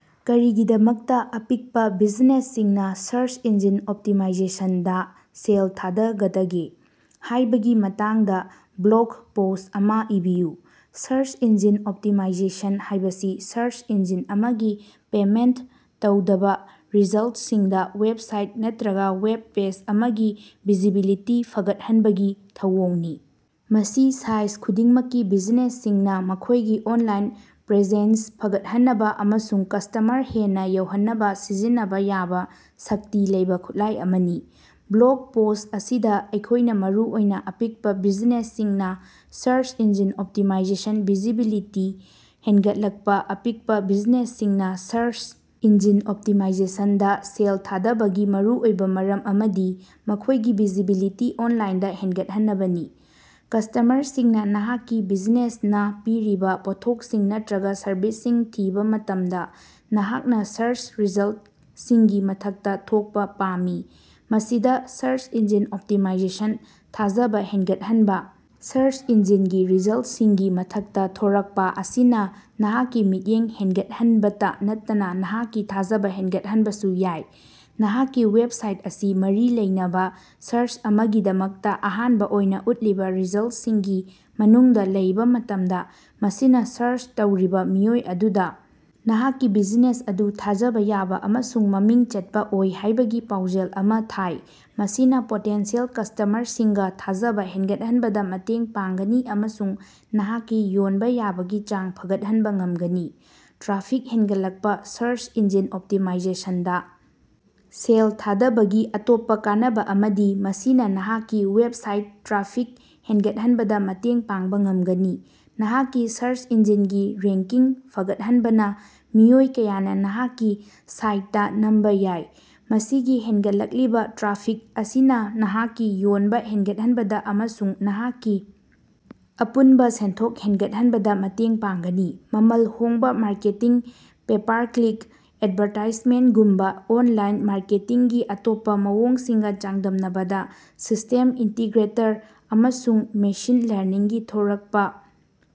ꯀꯔꯤꯒꯤꯗꯃꯛꯇ ꯑꯄꯤꯛꯄ ꯕꯤꯖꯤꯅꯦꯁꯁꯤꯡꯅ ꯁ꯭ꯔꯆ ꯏꯟꯖꯤꯟ ꯑꯣꯞꯇꯤꯃꯥꯏꯖꯦꯁꯟ ꯗꯥ ꯁꯦꯜ ꯊꯥꯗꯒꯗꯒꯦ ꯍꯥꯢꯕꯒꯤ ꯃꯇꯥꯡꯗ ꯕ꯭ꯂꯣꯒ ꯄꯣꯁ꯭ꯠ ꯑꯃꯥ ꯏꯕꯤꯌꯨ꯫ ꯁ꯭ꯔꯆ ꯏꯟꯖꯤꯟ ꯑꯣꯞꯇꯤꯃꯥꯏꯖꯦꯁꯟ ꯍꯥꯢꯕꯁꯤ ꯁ꯭ꯔꯆ ꯏꯟꯖꯤꯟ ꯑꯃꯒꯤ ꯄꯦꯃꯦꯟꯇ ꯇꯧꯗꯕ ꯔꯤꯖꯜꯇꯁꯤꯡꯗ ꯋꯦꯕꯁꯥꯏꯠ ꯅꯠꯇ꯭ꯔꯒ ꯋꯦꯕ ꯄꯦꯖ ꯑꯃꯒꯤ ꯚꯤꯖꯤꯕꯤꯂꯤꯇꯤ ꯐꯒꯠꯍꯟꯕꯒꯤ ꯊꯧꯑꯣꯡꯅꯤ꯫ ꯃꯁꯤ ꯁꯥꯏꯖ ꯈꯨꯗꯤꯡꯃꯛꯀꯤ ꯕꯤꯖꯤꯅꯦꯁꯁꯤꯡꯅ ꯃꯈꯣꯢꯒꯤ ꯑꯣꯟꯂꯥꯏꯟ ꯄ꯭ꯔꯦꯖꯦꯟꯁ ꯐꯒꯠꯍꯟꯅꯕ ꯑꯃꯁꯨꯡ ꯀꯁꯇꯃꯔ ꯍꯦꯟꯅ ꯌꯧꯍꯟꯅꯕ ꯁꯤꯖꯤꯟꯅꯕ ꯌꯥꯕ ꯁꯛꯇꯤ ꯂꯩꯕ ꯈꯨꯠꯂꯥꯢ ꯑꯃꯅꯤ꯫ ꯕ꯭ꯂꯣꯒ ꯄꯣꯁ꯭ꯠ ꯑꯁꯤꯗ ꯑꯩꯈꯣꯢꯅ ꯃꯔꯨꯑꯣꯏꯅ ꯑꯄꯤꯛꯄ ꯕꯤꯖꯤꯅꯦꯁꯁꯤꯡꯅ ꯁ꯭ꯔꯆ ꯏꯟꯖꯤꯟ ꯑꯣꯞꯇꯤꯃꯥꯏꯖꯦꯁꯟ ꯚꯤꯖꯤꯕꯤꯂꯤꯇꯤ ꯍꯦꯟꯒꯠꯂꯛꯄ ꯑꯄꯤꯛꯄ ꯕꯤꯖꯤꯅꯦꯁꯁꯤꯡꯅ ꯁ꯭ꯔꯆ ꯏꯟꯖꯤꯟ ꯑꯣꯞꯇꯤꯃꯥꯏꯖꯦꯁꯟ ꯗ ꯁꯦꯜ ꯊꯥꯗꯕꯒꯤ ꯃꯔꯨꯑꯣꯏꯕ ꯃꯔꯝ ꯑꯃꯗꯤ ꯃꯈꯣꯢꯒꯤ ꯚꯤꯖꯤꯕꯤꯂꯤꯇꯤ ꯑꯣꯟꯂꯥꯏꯟꯗ ꯍꯦꯟꯒꯠꯍꯟꯅꯕꯅꯤ꯫ ꯀꯁꯇꯃꯔꯁꯤꯡꯅ ꯅꯍꯥꯛꯀꯤ ꯕꯤꯖꯤꯅꯦꯁꯅꯥ ꯄꯤꯔꯤꯕ ꯄꯣꯠꯊꯣꯛꯁꯤꯡ ꯅꯠꯇ꯭ꯔꯒ ꯁꯔꯚꯤꯁꯁꯤꯡ ꯊꯤꯕ ꯃꯇꯝꯗ ꯅꯍꯥꯛꯅ ꯁ꯭ꯔꯁ ꯔꯤꯖꯜꯇꯁꯤꯡꯒꯤ ꯃꯊꯛꯇ ꯊꯣꯛꯄ ꯄꯥꯝꯃꯤ꯫ ꯃꯁꯤꯗ ꯁ꯭ꯔꯁ ꯏꯟꯖꯤꯟ ꯑꯣꯞꯇꯤꯃꯥꯏꯖꯦꯁꯟ ꯊꯥꯖꯕ ꯍꯦꯟꯒꯠꯍꯟꯕ ꯁꯔꯆ ꯏꯟꯖꯤꯟꯒꯤ ꯔꯤꯖꯜꯇꯁꯤꯡꯒꯤ ꯃꯊꯛꯇ ꯊꯣꯔꯛꯄꯥ ꯑꯁꯤꯅ ꯅꯍꯥꯛꯀꯤ ꯃꯤꯠꯌꯦꯡ ꯍꯦꯟꯒꯠꯍꯟꯕꯇꯥ ꯅꯠꯇꯅ ꯅꯍꯥꯛꯀꯤ ꯊꯥꯖꯕ ꯍꯦꯟꯒꯠꯍꯟꯕꯁꯨ ꯌꯥꯏ꯫ ꯅꯍꯥꯛꯀꯤ ꯋꯦꯕꯁꯥꯏꯠ ꯑꯁꯤ ꯃꯔꯤ ꯂꯩꯅꯕ ꯁ꯭ꯔꯆ ꯑꯃꯒꯤꯗꯃꯛꯇ ꯑꯍꯥꯟꯕ ꯑꯣꯏꯅ ꯎꯠꯂꯤꯕ ꯔꯤꯖꯜꯇꯁꯤꯡꯒꯤ ꯃꯅꯨꯡꯗ ꯂꯩꯕ ꯃꯇꯝꯗ ꯃꯁꯤꯅ ꯁ꯭ꯔꯆ ꯇꯧꯔꯤꯕ ꯃꯤꯑꯣꯏ ꯑꯗꯨꯗ ꯅꯍꯥꯛꯀꯤ ꯕꯤꯖꯤꯅꯦꯁ ꯑꯗꯨ ꯊꯥꯖꯕ ꯌꯥꯕ ꯑꯃꯁꯨꯡ ꯃꯃꯤꯡ ꯆꯠꯄ ꯑꯣꯏ ꯍꯥꯢꯕꯒꯤ ꯄꯥꯎꯖꯦꯜ ꯑꯃ ꯊꯥꯏ꯫ ꯃꯁꯤꯅ ꯄꯣꯇꯦꯟꯁꯤꯌꯦꯜ ꯀꯁꯇꯃꯔꯁꯤꯡꯒ ꯊꯥꯖꯕ ꯍꯦꯟꯒꯠꯍꯟꯕꯗ ꯃꯇꯦꯡ ꯄꯥꯡꯒꯅꯤ ꯑꯃꯁꯨꯡ ꯅꯍꯥꯛꯀꯤ ꯌꯣꯟꯕ ꯌꯥꯕꯒꯤ ꯆꯥꯡ ꯐꯒꯠꯍꯟꯕ ꯉꯝꯒꯅꯤ꯫ ꯇ꯭ꯔꯥꯐꯤꯛ ꯍꯦꯟꯒꯠꯂꯛꯄ ꯁ꯭ꯔꯁ ꯏꯟꯖꯤꯟ ꯑꯣꯞꯇꯤꯃꯥꯏꯖꯦꯁꯟ ꯗꯥ ꯁꯦꯜ ꯊꯥꯗꯕꯒꯤ ꯑꯇꯣꯞꯄ ꯀꯥꯟꯅꯕ ꯑꯃꯗꯤ ꯃꯁꯤꯅ ꯅꯍꯥꯛꯀꯤ ꯋꯦꯕꯁꯥꯏꯠꯇ ꯇ꯭ꯔꯥꯐꯤꯛ ꯍꯦꯟꯒꯠꯍꯟꯕꯗ ꯃꯇꯦꯡ ꯄꯥꯡꯕ ꯉꯝꯒꯅꯤ꯫ ꯅꯍꯥꯛꯀꯤ ꯁ꯭ꯔꯆ ꯏꯟꯖꯤꯟꯒꯤ ꯔꯦꯡꯀꯤꯡ ꯐꯒꯠꯍꯟꯕꯅ ꯃꯤꯑꯣꯏ ꯀꯌꯥꯅ ꯅꯍꯥꯛꯀꯤ ꯁꯥꯏꯇꯇꯥ ꯅꯝꯕ ꯌꯥꯏ꯫ ꯃꯁꯤꯒꯤ ꯍꯦꯟꯒꯠꯂꯛꯂꯤꯕ ꯇ꯭ꯔꯥꯐꯤꯛ ꯑꯁꯤꯅ ꯅꯍꯥꯛꯀꯤ ꯌꯣꯟꯕ ꯍꯦꯟꯒꯠꯍꯟꯕꯗ ꯑꯃꯁꯨꯡ ꯅꯍꯥꯛꯀꯤ ꯑꯄꯨꯟꯕ ꯁꯦꯟꯊꯣꯛ ꯍꯦꯟꯒꯠꯍꯟꯕꯗ ꯃꯇꯦꯡ ꯄꯥꯡꯒꯅꯤ꯫ ꯃꯃꯜ ꯍꯣꯡꯕ ꯃꯥꯔꯀꯦꯇꯤꯡ ꯄꯦ-ꯄꯥꯔ-ꯀ꯭ꯂꯤꯛ ꯑꯦꯗꯚꯥꯔꯇꯥꯏꯖꯃꯦꯟꯇꯒꯨꯝꯕ ꯑꯣꯟꯂꯥꯏꯟ ꯃꯥꯔꯀꯦꯇꯤꯡꯒꯤ ꯑꯇꯣꯞꯄ ꯃꯑꯣꯡꯁꯤꯡꯒ ꯆꯥꯡꯗꯝꯅꯕꯗ ꯁꯤꯁꯇꯦꯝ ꯏꯟꯇꯤꯒ꯭ꯔꯦꯇꯔ ꯑꯃꯁꯨꯡ ꯃꯦꯁꯤꯟ ꯂꯔꯅꯤꯡꯒꯤ ꯊꯣꯔꯛꯄ꯫